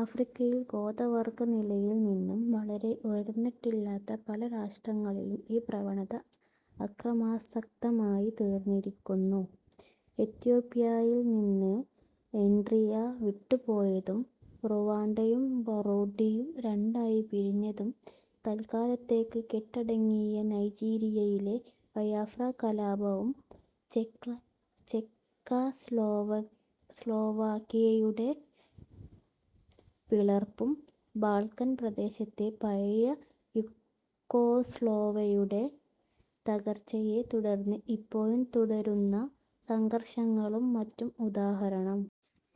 ആഫ്രിക്കയിൽ ഗോത്രവർഗനിലയിൽ നിന്നും വളരെ ഉയർന്നിട്ടില്ലാത്ത പല രാഷ്ട്രങ്ങളിലും ഈ പ്രവണത അക്രമാസക്തമായി തീർന്നിരിക്കുന്നു. എത്യോപ്യയിൽ നിന്ന് എറിട്രിയ വിട്ടുപോയതും റുവാണ്ടയും ബറൂണ്ടിയും രണ്ടായി പിരിഞ്ഞതും, തൽക്കാലത്തേക്ക് കെട്ടടങ്ങിയ നൈജീരിയയിലെ ബയാഫ്രാ കലാപവും ചെക്കസ്ലോവാക്കിയയുടെ പിളർപ്പും, ബാൾക്കൻ പ്രദേശത്തെ പഴയ യുഗോസ്ലോവ്യയുടെ തകർച്ചയെ തുടർന്ന് ഇപ്പോഴും തുടരുന്ന സംഘർഷങ്ങളും മറ്റും ഉദാഹരണം.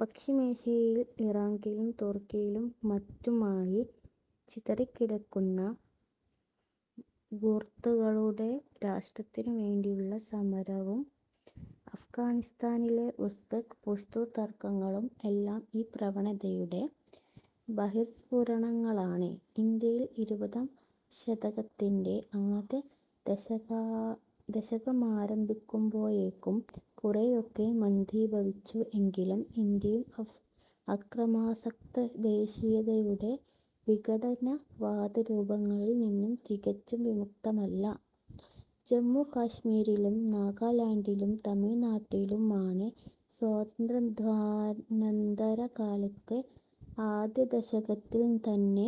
പശ്ചിമേഷ്യയിൽ ഇറാഖിലും തുർക്കിയിലും മറ്റുമായി ചിതറിക്കിടക്കുന്ന ഖുർദുകളുടെ രാഷ്ട്രത്തിനു വേണ്ടിയുള്ള സമരവും അഫ്ഘാനിസ്താനിലെ ഉസ്ബെക്ക്, പുഷ്തു തർക്കങ്ങളും എല്ലാം ഈ പ്രവണതയുടെ ബഹിർസ്ഫുരണങ്ങളാണ്. ഇന്ത്യയിൽ ഇരുപതാം ശതകത്തിന്റെ ആദ്യ ദശകമാരംഭിക്കുമ്പോഴേക്കും കുറെയൊക്കെ മന്ദീഭവിച്ചു എങ്കിലും ഇന്ത്യയും അക്രമാസക്തദേശീയതയുടെ വിഘടനവാദ രൂപങ്ങളിൽ നിന്ന് തികച്ചും വിമുക്തമല്ല. ജമ്മുകാശ്മീരിലും നാഗാലൻഡിലും തമിഴ്നാട്ടിലുമാണ് സ്വാതന്ത്ര്യാനന്തര കാലത്തെ ആദ്യദശകത്തിൽ തന്നെ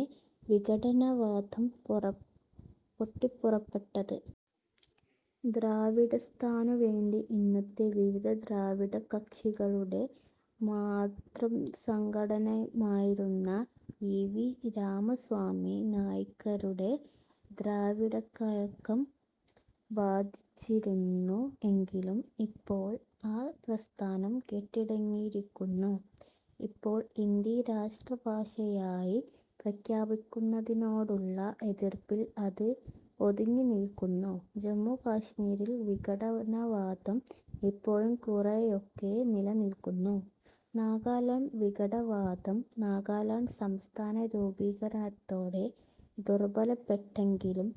വിഘടനവാദം പൊട്ടിപ്പുറപ്പെട്ടത്. ദ്രാവിഡസ്ഥാനുവേണ്ടി ഇന്നത്തെ വിവിധ ദ്രാവിഡകക്ഷികളുടെ മാതൃസംഘടനയായിരുന്ന ഇ. വി. രാമസ്വാമി നായ്ക്കരുടെ ദ്രാവിഡകഴകം വാദിച്ചിരുന്നു എങ്കിലും ഇപ്പോൾ ആ പ്രസ്ഥാനം കെട്ടടങ്ങിയിരിക്കുന്നു. ഇപ്പോൾ ഹിന്ദി രാഷ്ട്രഭാഷയായി പ്രഖ്യാപിക്കുന്നതിനോടുള്ള എതിർപ്പിൽ അത് ഒതുങ്ങിനിൽക്കുന്നു. ജമ്മുകാശ്മീരിൽ വിഘടനവാദം ഇപ്പോഴും കുറെയൊക്കെ നിലനിൽക്കുന്നു. നാഗാലൻഡ് വിഘടനവാദം നാഗാലാൻഡ് സംസ്ഥാന രൂപീകരണത്തോടെ ദുർബലപ്പെട്ടെങ്കിലും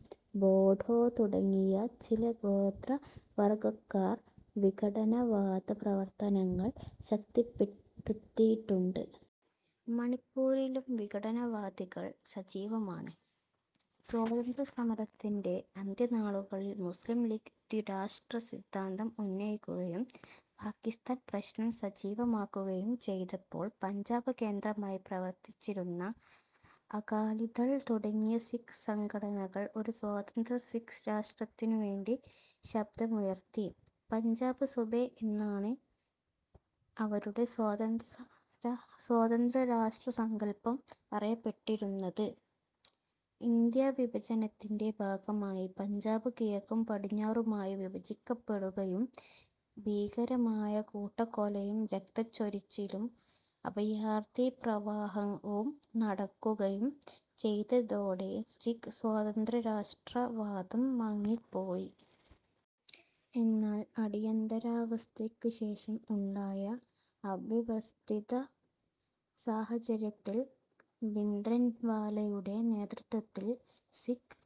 ബോഡോ തുടങ്ങിയ ചില ഗോത്രവർഗക്കാർ വിഘടനവാദ പ്രവർത്തനങ്ങൾ ശക്തിപ്പെടുത്തിയിട്ടുണ്ട്. മണിപ്പൂരിലും വിഘടനവാദികൾ സജീവമാണ്. സ്വാതന്ത്ര്യസമരത്തിന്റെ അന്ത്യനാളുകളിൽ മുസ്ലീംലീഗ് ദ്വിരാഷ്ട്ര സിദ്ധാന്തം ഉന്നയിക്കുകയും പാകിസ്താൻ പ്രശ്നം സജീവമാക്കുകയും ചെയ്തപ്പോൾ പഞ്ചാബ് കേന്ദ്രമായി പ്രവർത്തിച്ചിരുന്ന അകാലിദൾ തുടങ്ങിയ സിക്ക് സംഘടനകൾ ഒരു സ്വതന്ത്ര സിക്ക് രാഷ്ട്രത്തിനുവേണ്ടി ശബ്ദമുയർത്തി. പഞ്ചാബ് സുബ എന്നാണ് അവരുടെ സ്വതന്ത്രരാഷ്ട്രസങ്കല്പം അറിയപ്പെട്ടിരുന്നത്. ഇന്ത്യാവിഭജനത്തിന്റെ ഭാഗമായി പഞ്ചാബ് കിഴക്കും പടിഞ്ഞാറുമായി വിഭജിക്കപ്പെടുകയും ഭീകരമായ കൂട്ടക്കൊലയും രക്തച്ചൊരിച്ചിലും അഭയാർഥി പ്രവാഹവും നടക്കുകയും ചെയ്തതോടെ സിക്ക് സ്വതന്ത്രരാഷ്ട്രവാദം മങ്ങിപ്പോയി. എന്നാൽ അടിയന്തരാവസ്ഥക്ക് ശേഷം ഉണ്ടായ അവ്യവസ്ഥിത സാഹചര്യത്തിൽ ഭിന്ദ്രൻവാലയുടെ നേതൃത്വത്തിൽ സിക്ക്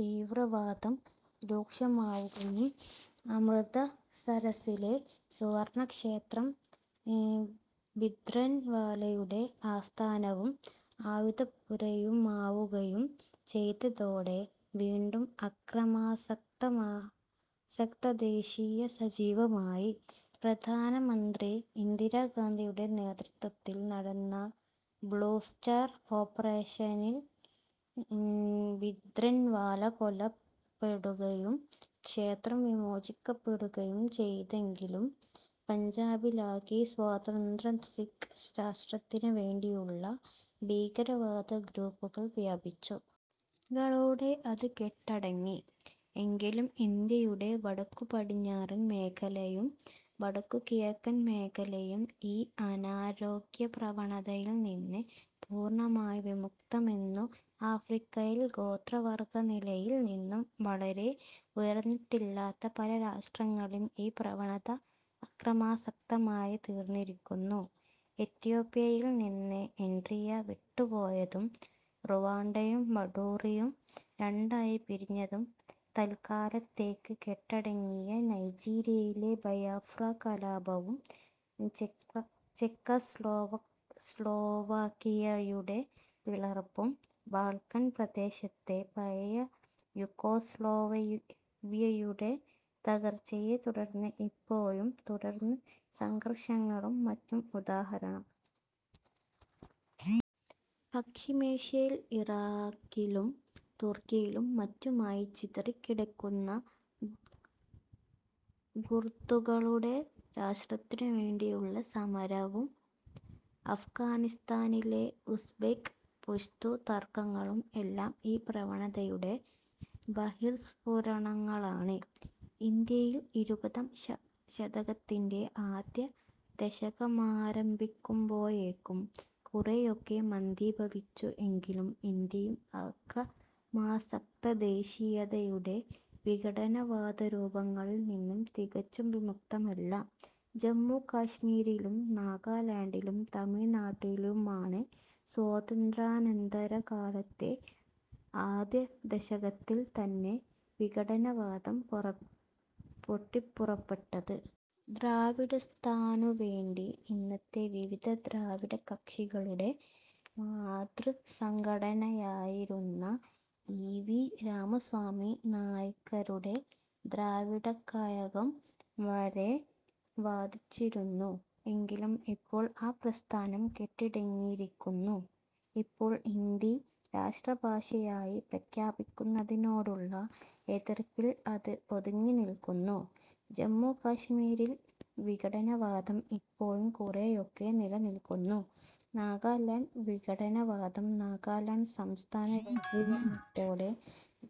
തീവ്രവാദം രൂക്ഷമാവുകയും അമൃതസരസ്സിലെ സുവർണക്ഷേത്രം ഭിന്ദ്രൻവാലയുടെ ആസ്ഥാനവും ആയുധപ്പുരയുമാവുകയും ചെയ്തതോടെ വീണ്ടും അക്രമാസക്ത ദേശീയത സജീവമായി. പ്രധാനമന്ത്രി ഇന്ദിരാഗാന്ധിയുടെ നേതൃത്വത്തിൽ നടന്ന ബ്ളൂസ്റ്റാർ ഓപ്പറേഷനിൽ ഭിന്ദ്രൻവാല കൊല്ലപ്പെടുകയും ക്ഷേത്രം വിമോചിക്കപ്പെടുകയും ചെയ്തെങ്കിലും പഞ്ചാബിലാകെ സ്വതന്ത്ര സിക്ക് രാഷ്ട്രത്തിന് വേണ്ടിയുള്ള ഭീകരവാദ ഗ്രൂപ്പുകൾ വ്യാപിച്ചു. നിങ്ങളുടെ അത് കെട്ടടങ്ങി. എങ്കിലും ഇന്ത്യയുടെ വടക്കു പടിഞ്ഞാറൻ മേഖലയും വടക്കു കിഴക്കൻ മേഖലയും ഈ അനാരോഗ്യ പ്രവണതയിൽ നിന്ന് പൂർണമായി വിമുക്തമെന്നു ആഫ്രിക്കയിൽ ഗോത്രവർഗനിലയിൽ നിന്നും വളരെ ഉയർന്നിട്ടില്ലാത്ത പല രാഷ്ട്രങ്ങളിലും ഈ പ്രവണത അക്രമാസക്തമായി തീർന്നിരിക്കുന്നു. എത്യോപ്യയിൽ നിന്ന് എറിട്രിയ വിട്ടുപോയതും റുവാണ്ടയും ബറൂണ്ടിയും രണ്ടായി പിരിഞ്ഞതും, തൽക്കാലത്തേക്ക് കെട്ടടങ്ങിയ നൈജീരിയയിലെ ബയാഫ്രാ കലാപവും ചെക്കസ്ലോവാക്കിയയുടെ പിളർപ്പും, ബാൾക്കൻ പ്രദേശത്തെ പഴയ യുഗോസ്ലോവ്യയുടെ തകർച്ചയെ തുടർന്ന് ഇപ്പോഴും തുടരുന്ന സംഘർഷങ്ങളും മറ്റും ഉദാഹരണം. പശ്ചിമേഷ്യയിൽ ഇറാഖിലും തുർക്കിയിലും മറ്റുമായി ചിതറിക്കിടക്കുന്ന ഖുർദുകളുടെ രാഷ്ട്രത്തിനു വേണ്ടിയുള്ള സമരവും അഫ്ഘാനിസ്താനിലെ ഉസ്ബെക്ക്, പുഷ്തു തർക്കങ്ങളും എല്ലാം ഈ പ്രവണതയുടെ ബഹിർസ്ഫുരണങ്ങളാണ്. ഇന്ത്യയിൽ ഇരുപതാം ശതകത്തിന്റെ ആദ്യ ദശകമാരംഭിക്കുമ്പോഴേക്കും കുറെയൊക്കെ മന്ദീഭവിച്ചു എങ്കിലും ഇന്ത്യയും അക്രമാസക്തദേശീയതയുടെ വിഘടനവാദ രൂപങ്ങളിൽ നിന്ന് തികച്ചും വിമുക്തമല്ല. ജമ്മുകാശ്മീരിലും നാഗാലൻഡിലും തമിഴ്നാട്ടിലുമാണ് സ്വാതന്ത്ര്യാനന്തര കാലത്തെ ആദ്യദശകത്തിൽ തന്നെ വിഘടനവാദം പൊട്ടിപ്പുറപ്പെട്ടത്. ദ്രാവിഡസ്ഥാനുവേണ്ടി ഇന്നത്തെ വിവിധ ദ്രാവിഡകക്ഷികളുടെ മാതൃസംഘടനയായിരുന്ന ഇ. വി. രാമസ്വാമി നായ്ക്കരുടെ ദ്രാവിഡ ദ്രാവിഡകഴകം വരെ വാദിച്ചിരുന്നു എങ്കിലും ഇപ്പോൾ ആ പ്രസ്ഥാനം കെട്ടടങ്ങിയിരിക്കുന്നു. ഇപ്പോൾ ഹിന്ദി രാഷ്ട്രഭാഷയായി പ്രഖ്യാപിക്കുന്നതിനോടുള്ള എതിർപ്പിൽ അത് ഒതുങ്ങിനിൽക്കുന്നു. ജമ്മുകാശ്മീരിൽ വിഘടനവാദം ഇപ്പോഴും കുറെയൊക്കെ നിലനിൽക്കുന്നു. നാഗാലൻഡ് വിഘടനവാദം നാഗാലാൻഡ് സംസ്ഥാന രൂപീകരണത്തോടെ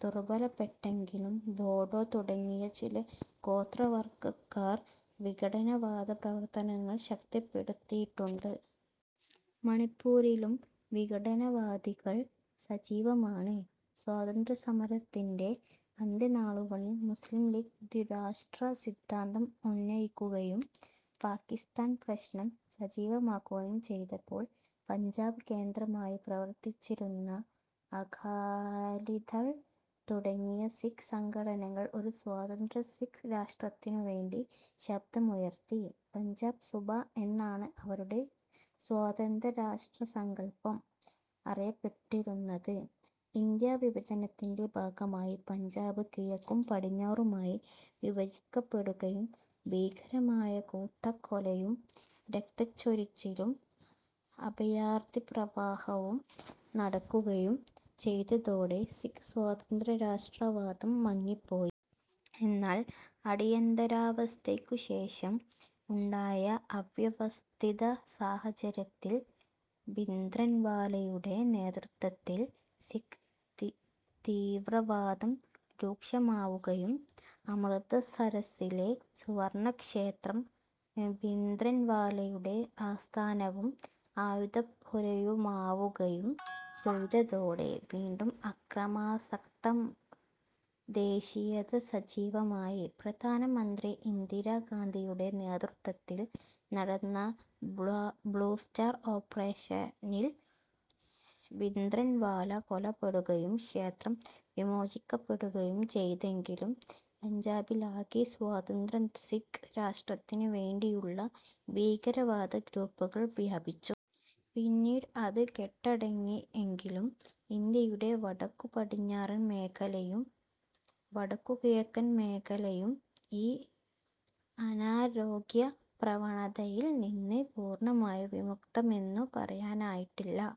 ദുർബലപ്പെട്ടെങ്കിലും ബോഡോ തുടങ്ങിയ ചില ഗോത്രവർഗക്കാർ വിഘടനവാദ പ്രവർത്തനങ്ങൾ ശക്തിപ്പെടുത്തിയിട്ടുണ്ട്. മണിപ്പൂരിലും വിഘടനവാദികൾ സജീവമാണ്. സ്വാതന്ത്ര്യസമരത്തിന്റെ അന്ത്യനാളുകളിൽ മുസ്ലീംലീഗ് ദ്വിരാഷ്ട്ര സിദ്ധാന്തം ഉന്നയിക്കുകയും പാകിസ്താൻ പ്രശ്നം സജീവമാക്കുകയും ചെയ്തപ്പോൾ പഞ്ചാബ് കേന്ദ്രമായി പ്രവർത്തിച്ചിരുന്ന അകാലിദൾ തുടങ്ങിയ സിക്ക് സംഘടനകൾ ഒരു സ്വതന്ത്ര സിക്ക് രാഷ്ട്രത്തിനുവേണ്ടി ശബ്ദമുയർത്തി. പഞ്ചാബ് സുബ എന്നാണ് അവരുടെ സ്വതന്ത്രരാഷ്ട്രസങ്കല്പം അറിയപ്പെട്ടിരുന്നത്. ഇന്ത്യാവിഭജനത്തിന്റെ ഭാഗമായി പഞ്ചാബ് കിഴക്കും പടിഞ്ഞാറുമായി വിഭജിക്കപ്പെടുകയും ഭീകരമായ കൂട്ടക്കൊലയും രക്തച്ചൊരിച്ചിലും അഭയാർഥി പ്രവാഹവും നടക്കുകയും ചെയ്തതോടെ സിക്ക് സ്വതന്ത്രരാഷ്ട്രവാദം മങ്ങിപ്പോയി. എന്നാൽ അടിയന്തരാവസ്ഥക്ക് ശേഷം ഉണ്ടായ അവ്യവസ്ഥിത സാഹചര്യത്തിൽ ഭിന്ദ്രൻവാലയുടെ നേതൃത്വത്തിൽ സിക്ക് തീവ്രവാദം രൂക്ഷമാവുകയും അമൃതസരസ്സിലെ സുവർണക്ഷേത്രം ഭിന്ദ്രൻവാലയുടെ ആസ്ഥാനവും ആയുധപ്പുരയുമാവുകയും ചെയ്തതോടെ വീണ്ടും അക്രമാസക്ത ദേശീയത സജീവമായി. പ്രധാനമന്ത്രി ഇന്ദിരാഗാന്ധിയുടെ നേതൃത്വത്തിൽ നടന്ന ബ്ളൂസ്റ്റാർ ഓപ്പറേഷനിൽ ഭിന്ദ്രൻവാല കൊല്ലപ്പെടുകയും ക്ഷേത്രം വിമോചിക്കപ്പെടുകയും ചെയ്തെങ്കിലും പഞ്ചാബിലാകെ സ്വതന്ത്ര സിക്ക് രാഷ്ട്രത്തിന് വേണ്ടിയുള്ള ഭീകരവാദ ഗ്രൂപ്പുകൾ വ്യാപിച്ചു. പിന്നീട് അത് കെട്ടടങ്ങി. എങ്കിലും ഇന്ത്യയുടെ വടക്കു പടിഞ്ഞാറൻ മേഖലയും വടക്കു കിഴക്കൻ മേഖലയും ഈ അനാരോഗ്യ പ്രവണതയിൽ നിന്ന് പൂർണമായി വിമുക്തമെന്നു പറയാറായിട്ടില്ല.